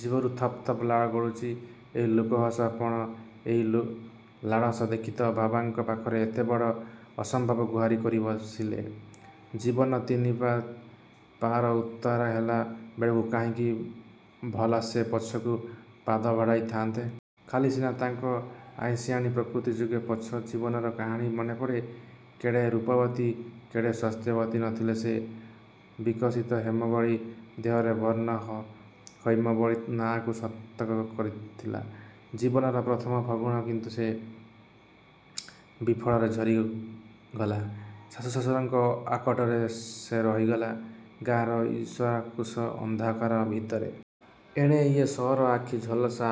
ଜିଭରୁ ଥପ୍ ଥପ୍ ଲାଳ ଗଡ଼ୁଛି। ଏଇ ଲୋକହସା ପଣ, ଏଇ ଲାଳସା ଦେଖି ତ ବାବାଙ୍କ ପାଖରେ ସେ ଏଡ଼େ ଅସମ୍ଭବ ଗୁହାରି କରି ବସିଲେ। ଜୀବନର ତିନି ପା, ପାର ଉତ୍ତାର ହେଲା ବେଳକୁ କାହିଁକି ଭଲା ସେ ପଛକୁ ପାଦ ବଢ଼ାଇ ଥା'ନ୍ତେ? ଖାଲି ସିନା ତାଙ୍କ ଆଇଁଷିଣିଆ ପ୍ରକୃତି ଯୋଗେ! ପଛ ଜୀବନର କାହାଣୀ ମନେପଡ଼େ–କେଡ଼େ ରୂପବତୀ କେଡ଼େ ସ୍ୱାସ୍ଥ୍ୟବତୀ ନ ଥିଲେ ସେ। ବିକଷିତ ହେମ ଭଳି ଦେହର ବର୍ଣ୍ଣ ହୈମବତୀ ନାଁକୁ ସାର୍ଥକ କରିଥିଲା। ଜୀବନର ପ୍ରଥମ ଫଗୁଣ କିନ୍ତୁ ବିଫଳରେ ଝରିଗଲା। ଶାଶୁ ଶଶୁରଙ୍କ ଆକଟରେ ସେ ରହିଗଲେ, ଗାଁର ଈଶାଣକୋଣ ଅନ୍ଧକାର ଭିତରେ। ଏଣେ, ୟେ ସହରର ଆଖି ଝଲସା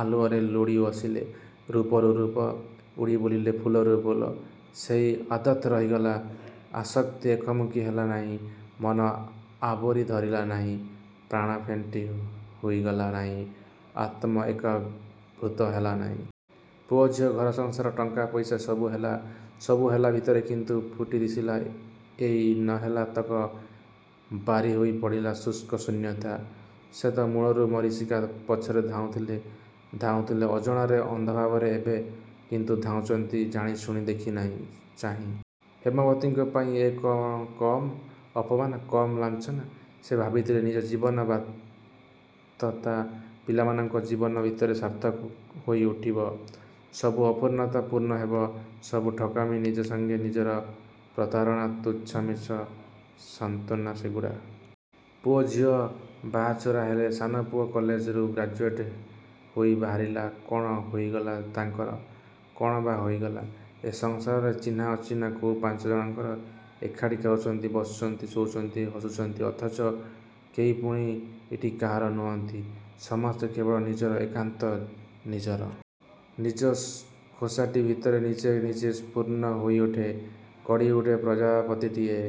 ଆଲୁଅରେ ଲୋଡ଼ି ବସିଲେ ରୂପରୁ ରୂପ, ଉଡ଼ି ବୁଲିଲେ ଫୁଲରୁ ଫୁଲ। ସେହି ଆଦତ୍ ରହିଗଲା। ଆଶକ୍ତି ଏକମୁଖୀ ହେଲା ନାହିଁ। ମନ ଆବୋରି ଧରିଲା ନାହିଁ, ପ୍ରାଣ ଫେଣ୍ଟି ହୋଇଗଲା ନାହିଁ, ଆତ୍ମା ଏକୀଭୂତ ହେଲା ନାହିଁ। ପୁଅଝିଅ, ଘରସଂସାର, ଟଙ୍କା ପଇସା ସବୁ ହେଲା। ସବୁ ହେଲା ଭିତରେ କିନ୍ତୁ ଫୁଟି ଦିଶିଲା ଏଇ ନହେଲା ତକ ବାରି ହୋଇ ପଡ଼ିଲା ଶୁଷ୍କ ଶୂନ୍ୟତା। ସେ'ତ ମୂଳରୁ ମରୀଚିକା ପଛରେ ଧାଉଁଥିଲେ। ଧାଉଁଥିଲେ ଅଜଣାରେ, ଅନ୍ଧ ଭାବରେ, ଏବେ କିନ୍ତୁ ଧାଉଁଛନ୍ତି ଜାଣିଶୁଣି ଦେଖି ଚାହିଁ। ହେମବତୀଙ୍କ ପାଇଁ ଏ କ'ଣ କମ୍ ଅପମାନ୍, କମ୍ ଲାଞ୍ଛନା? ସେ ଭାବିଥିଲେ ନିଜ ଜୀବନର ବ୍ୟର୍ଥତା ପିଲାମାନଙ୍କ ଜୀବନ ଭିତରେ ସାର୍ଥକ ହୋଇ ଉଠିବ, ସବୁ ଅପୂର୍ଣ୍ଣତା ପୂର୍ଣ୍ଣ ହେବ। ସବୁ ଠକାମି... ନିଜ ସଙ୍ଗେ, ନିଜର ପ୍ରତାରଣା, ତୁଚ୍ଛା ମିଛ ସାନ୍ତ୍ୱନା ସେଗୁଡ଼ା। ପୁଅଝିଅ ବାହାଚୋରା ହେଲେ, ସାନପୁଅ କଲେଜରୁ ଗ୍ରାଜୁଏଟ୍ ହୋଇ ବାହାରିଲା। କ'ଣ ହୋଇଗଲା ତାଙ୍କର? କ'ଣ ବା ହୋଇଗଲା ଏ ସଂସାରରେ ଚିହ୍ନା ଅଚିହ୍ନା ଆଉ ପାଞ୍ଚଜଣଙ୍କର? ଏକାଠି ଖାଉଛନ୍ତି, ବସୁଛନ୍ତି, ଶୋଉଛନ୍ତି, ହସୁଛନ୍ତି ଅଥଚ କେହି ପୁଣି ଏଠି କାହାର ନୁହଁନ୍ତି। ସମସ୍ତେ କେବଳ ନିଜର, ଏକାନ୍ତ ନିଜର। ନିଜ ଖୋଷାଟି ଭିତରେ ନିଜେ ନିଜେ ପୂର୍ଣ୍ଣ ହୋଇଉଠେ। ଗଢ଼ି ଉଠେ ପ୍ରଜାପତିଟିଏ–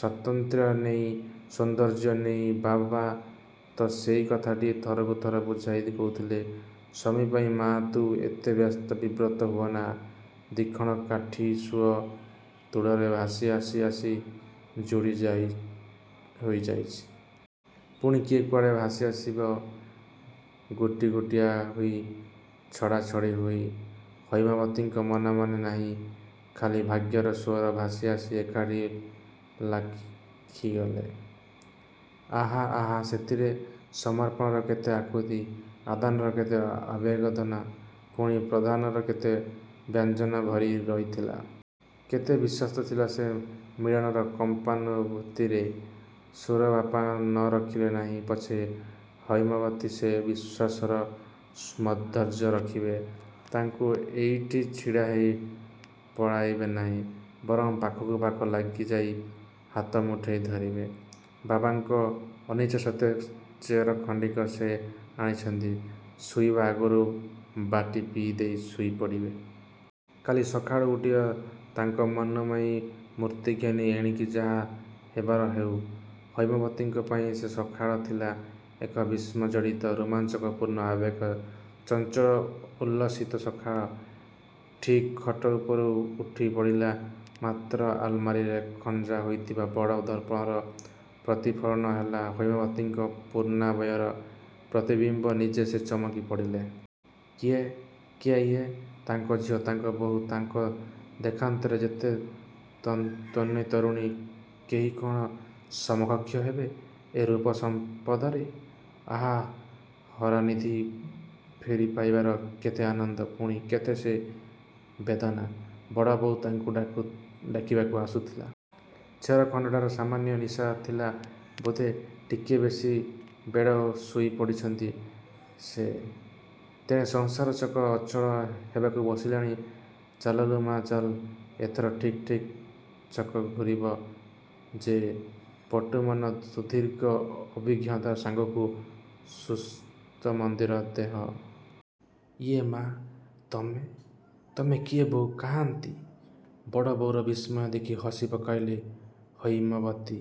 ସ୍ୱାତନ୍ତ୍ର୍ୟ ନେଇ, ସୌନ୍ଦର୍ଯ୍ୟ ନେଇ। ବାବା ତ ସେଇ କଥାଟିକି ଥରକୁ ଥର ବୁଝାଇ କହୁଥିଲେ, ''ସ୍ୱାମୀପାଇଁ ମାଆ ତୁ ଏତେ ବ୍ୟସ୍ତ ବିବ୍ରତ ହୁଅନା। ଦି'ଖଣ୍ଡ କାଠି ସୁଅ-ତୋଡ଼ରେ ଭାସି ଭାସି ଆସି ଯୋଡ଼ି ହୋଇଯାଇଛି। ପୁଣି କିଏ କେଉଁଆଡ଼େ ଭାସିଯିବ, ଗୋଟି ଗୋଟିକିଆ ହୋଇ, ଛଡ଼ାଛଡ଼ି ହୋଇ। ହୈମବତୀଙ୍କ ମନ ମାନେ ନାହିଁ। ଖାଲି ଭାଗ୍ୟର ସୁଅରେ ଭାସି ଆସି ଏକାଠି ଲାଖିଗଲେ! ଆହା ଆହା ସେଥିରେ ସମର୍ପଣର କେତେ ଆକୁତି, ଆଦାନର କେତେ ଆବେଦନ, ପୁଣି ପ୍ରଦାନର କେତେ ବ୍ୟଞ୍ଜନା ଭରି ରିହିଥିଲା! କେତେ ବିଶ୍ୱାସ ଥିଲା ସେ ମିଳନର କମ୍ପାନାନୁଭୂତିରେ! ସୁର ବାପା ନ ରଖିଲେ ନାହିଁ ପଛେ ହୈମବତୀ ସେ ବିଶ୍ୱାସର ମର୍ଯ୍ୟାଦା ରଖିବେ, ତାଙ୍କୁ ଏଇଠି ଛାଡ଼ିଦେଇ ପଳାଇବେ ନାହିଁ। ବରଂ ପାଖକୁ ପାଖ ଲାଗିଯାଇ ହାତ ମୁଠେଇ ଧରିବେ-। ବାବାଙ୍କ ଅନିଚ୍ଛାସତ୍ତ୍ୱେ ଚେର ଖଣ୍ଡିକ ସେ ଆଣିଛନ୍ତି–ଶୋଇବା ଆଗରୁ ବାଟି ପିଇଦେଇ ଶୋଇପଡ଼ିବେ। କାଲି ସକାଳୁ ଉଠିବେ ତାଙ୍କ ମନୋମୟୀ ମୂର୍ତ୍ତି ଘେନି। ତେଣିକି ଯାହା ହେବାର ହେଉ। ହୈମବତୀଙ୍କ ପାଇଁ ସେ ସକାଳ ଥିଲା ଏକ ବିସ୍ମୟଜଡ଼ିତ ରୋମାଞ୍ଚପୂର୍ଣ୍ଣ ଆବେଗ ଚଞ୍ଚଳ ଉଲ୍ଲସିତ ସକାଳ। ଠିକ୍ ଖଟ ଉପରୁ ଉଠିପଡ଼ିଲା ମାତ୍ରେ ଆଲମିରାରେ ଖଞ୍ଜା ହୋଇଥିବା ବଡ଼ ଦର୍ପଣରେ ପ୍ରତିଫଳିତ ହେଲା ହୈମବତୀଙ୍କର ପୂର୍ଣ୍ଣାବୟବ ପ୍ରତିବିମ୍ୱ ନିଜେ ସେ ଚମକି ପଡ଼ିଲେ। କିଏ... କିଏ ୟେ? ତାଙ୍କ ଝିଅ, ତାଙ୍କ ବୋହୂ, ତାଙ୍କ ଦେଖାନ୍ତରେ ଯେତେ ତନ୍ୱୀ ତରୁଣୀ, କେହି କ'ଣ ସମକକ୍ଷ ହେବେ ଏ ରୂପ ସମ୍ପଦର? ଆଃ ହରାନିଧି ଫେରି ପାଇବାରେ କେତେ ଆନନ୍ଦ, ପୁଣି କେତେ ସେ ବେଦନା! ବଡ଼ବୋହୂ ତାଙ୍କୁ ଡାକିବାକୁ ଆସୁଥିଲା। ଚେର ଖଣ୍ଡଟାରେ ସାମାନ୍ୟ ନିଶା ଥିଲା ବୋଧେ। ଟିକେ ବେଶି ବେଳ ଶୋଇ ପଡ଼ିଛନ୍ତି ସେ। ତେଣେ ସଂସାର ଚକ ଅଚଳ ହେବାକୁ ବସିଲାଣି। ଚାଲ ଲୋ ମା, ଚାଲ୍। ଏଥର ଠିକ୍ ଠିକ୍ ଚକ ଘୂରିବ ଯେ, ପଟୁ ମନ, ସୁଦୀର୍ଘ ଅଭିଜ୍ଞତା ସାଙ୍ଗକୁ ସୁସ୍ଥ ସୁନ୍ଦର ଦେହ। ''ୟେ ମା! ତମେ, ତମେ କିଏ ବୋଉ କାହାନ୍ତି? '' ବଡ଼ ବୋହୂର ବିସ୍ମୟ ଦେଖି ହସି ପକେଇଲେ ହୈମବତୀ।